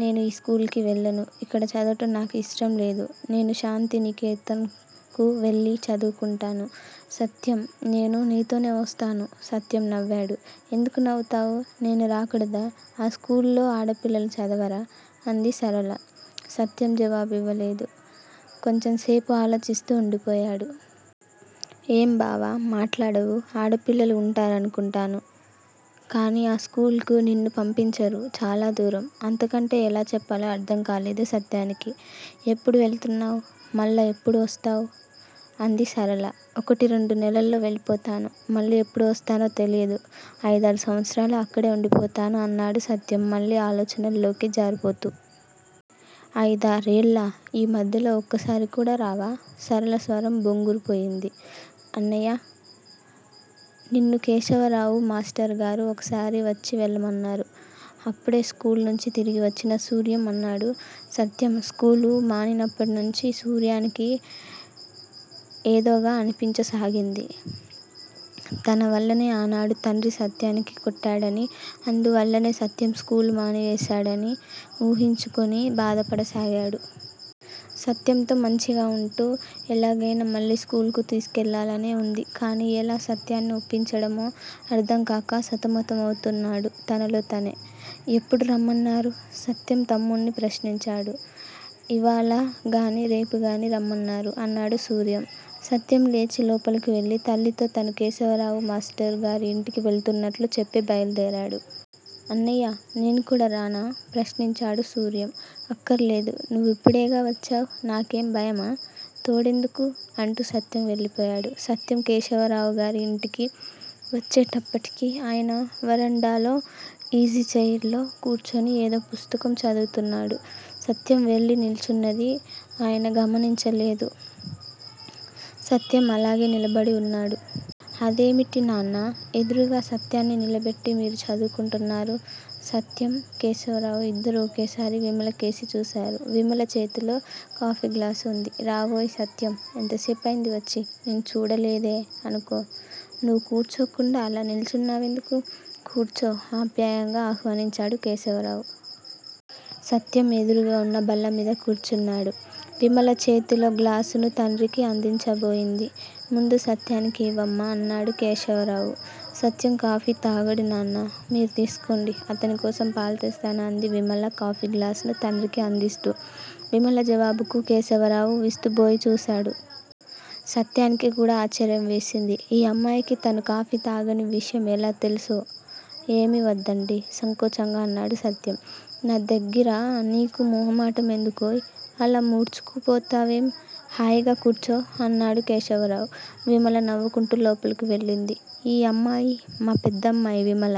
నేను ఈ స్కూలుకు వెళ్ళను. ఇక్కడ చదవటం నాకు ఇష్టంలేదు. నేను శాంతినికేతన్ కు వెళ్ళి చదువుకుంటాను. సత్యం నేనూ నీతోనే వస్తాను. సత్యం నవ్వాడు. ఎందుకు నవ్వుతావు? నేను రాకూడదా! ఆ స్కూల్లో ఆడపిల్లలు చదవరా? అంది సరళ. సత్యం జవాబివ్వలేదు. కొంచెంసేపు ఆలోచిస్తూ ఉండిపోయాడు. ఏం బావా మాట్లాడవు! ఆడపిల్లలు ఉంటారనుకుంటాను. కాని ఆ స్కూలుకు నిన్ను పంపించరు. చాలా దూరం- అంతకంటే ఎలా చెప్పాలో అర్ధంకాలేదు సత్యానికి. ఎప్పుడు వెళుతున్నావు? మళ్ళా ఎప్పుడొస్తావు? అంది సరళ. ఒకటి రెండు నెలల్లో వెళ్ళిపోతాను. మళ్ళీ ఎప్పుడు వస్తానో తెలియదు. అయిదారు సంవత్సరాలు అక్కడే ఉండిపోతాను అన్నాడు సత్యం మళ్ళీ ఆలోచనల్లోకి జారిపోతూ. అయిదారేళ్ళా! ఈ మధ్యలో ఒక్కసారికూడా రావా? సరళ స్వరం బొంగురుపోయింది. అన్నయ్యా! నిన్ను కేశవరావు మాష్టరుగారు ఒకసారి వచ్చి వెళ్ళమన్నారు. అప్పుడే స్కూలునుంచి తిరిగివచ్చిన సూర్యం అన్నాడు. సత్యం స్కూలు మానినప్పటినుంచి సూర్యానికి ఏదోగా అనిపించసాగింది. తనవల్లనే ఆనాడు తండ్రి సత్యాన్ని కొట్టాడనీ, అందువల్లనే సత్యం స్కూలు మానివేశాడని ఊహించుకొని బాధపడసాగాడు. సత్యంతో మంచిగా ఉంటూ ఎలాగయినా మళ్ళీ స్కూలుకు తీసుకెళ్ళాలనే వుంది కాని యెలా సత్యాన్ని ఒప్పించడమో అర్ధంకాక సతమతమవుతున్నాడు తనలో తనే. ఎప్పుడు రమ్మన్నారు? సత్యం తమ్ముణ్ణి ప్రశ్నించాడు. ఇవ్వాళగానీ రేపుగానీ రమ్మన్నారు అన్నాడు సూర్యం. సత్యం లేచి లోపలకు వెళ్ళి తల్లితో తను కేశవరావు మాష్టరుగారి ఇంటికి వెళుతున్నట్లు చెప్పి బయలుదేరాడు. అన్నయ్యా! నేనుకూడా రానా? ప్రశ్నించాడు సూర్యం. అక్కర్లేదు, నువ్విప్పుడేగా వచ్చావు? నాకేం భయమా? తోడెందుకూ? అంటూ సత్యం వెళ్ళిపోయాడు. సత్యం కేశవరావుగారి ఇంటికి వచ్చేటప్పటికి ఆయన వరండాలో ఈజీచైర్ లో కూర్చొని ఏదో పుస్తకం చదువుతున్నాడు. సత్యం వెళ్ళి నిల్చున్నది ఆయన గమనించలేదు. సత్యం అలాగే నిలబడి ఉన్నాడు. అదేమిటి నాన్నా! ఎదురుగా సత్యాన్ని నిలబెట్టి మీరు చదువుకుంటున్నారు? సత్యం, కేశవరావూ ఇద్దరూ ఒకేసారి విమలకేసి చూశారు. విమల చేతిలో కాఫీగ్లాసు ఉంది. రావోయ్ సత్యం! యెంతసేపయింది వచ్చి? నేను చూడలేదే అనుకో! నువ్వు కూర్చోకుండా అలా నిల్చున్నా వెందుకు? కూర్చో ఆప్యాయంగా ఆహ్వానించాడు కేశవరావు. సత్యం యెదురుగా ఉన్న బల్లమీద కూర్చున్నాడు. విమల చేతిలో గ్లాసును తండ్రికి అందించబోయింది. ముందు సత్యానికి ఇవ్వమ్మా! అన్నాడు కేశవరావు. సత్యం కాఫీ తాగడు నాన్నా! మీరు తీసుకోండి. అతనికోసం పాలు తెస్తాను అంది విమల కాఫీగ్లాసును తండ్రికి అందిస్తూ. విమల జవాబుకు కేశవరావు విస్తుబోయి చూశాడు. సత్యానికి కూడా ఆశ్చర్యం వేసింది. ఈ అమ్మాయికి తను కాఫీ తాగని విషయం యెలా తెలుసో! ఏమీ వద్దండీ! సంకోచంగా అన్నాడు సత్యం. నా దగ్గిర నీకు మొహమాటం ఎందుకోయ్! అలా ముడుచుకుపోతావేం? హాయిగా కూర్చో! అన్నాడు కేశవరావు. విమల నవ్వుకుంటూ లోపలకు వెళ్ళింది. ఈ అమ్మాయి మా పెద్దమ్మాయి విమల.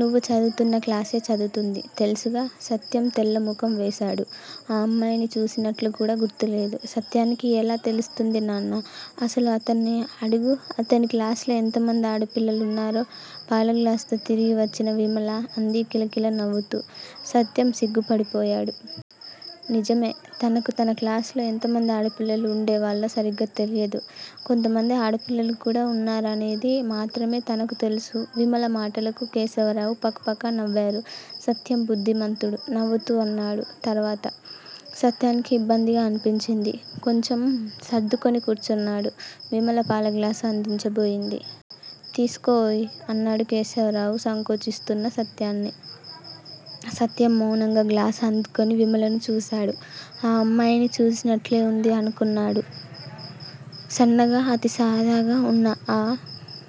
నువ్వు చదువుతున్న క్లాసే చదువుతుంది. తెలుసుగా? సత్యం తెల్లముఖం వేశాడు. ఆ అమ్మాయిని చూసినట్లుకూడా గుర్తులేదు. సత్యానికి యెలా తెలుస్తుంది నాన్నా? అసలు అతన్ని అడుగు, అతని క్లాసులో ఎంతమంది ఆడపిల్లలు ఉన్నారో! పాలగ్లాసుతో తిరిగి వచ్చిన విమల అంది కిలకిల నవ్వుతూ. సత్యం సిగ్గుపడిపోయాడు. నిజమే! తనకు తన క్లాసులో ఎంతమంది ఆడపిల్లలు ఉండేవాళ్ళో సరిగ్గా తెలియదు. కొంతమంది ఆడపిల్లలుకూడా ఉన్నారనేదిమాత్రమే తనకు తెలుసు. విమల మాటలకు కేశవరావు పకపక నవ్వారు. సత్యం బుద్ధిమంతుడు! నవ్వుతూ అన్నాడు తర్వాత. సత్యానికి ఇబ్బందిగా అనిపించింది. కొంచెం సర్దుకొని కూర్చున్నాడు. విమల పాలగ్లాసు అందించబోయింది. తీసుకోవోయ్! అన్నాడు కేశవరావు సంకోచిస్తున్న సత్యాన్ని. సత్యం మౌనంగా గ్లాసు అందుకొని విమలను చూశాడు. ఆ అమ్మాయిని చూసినట్లే ఉంది అనుకున్నాడు. సన్నగా, అతి సాదాగా ఉన్న ఆ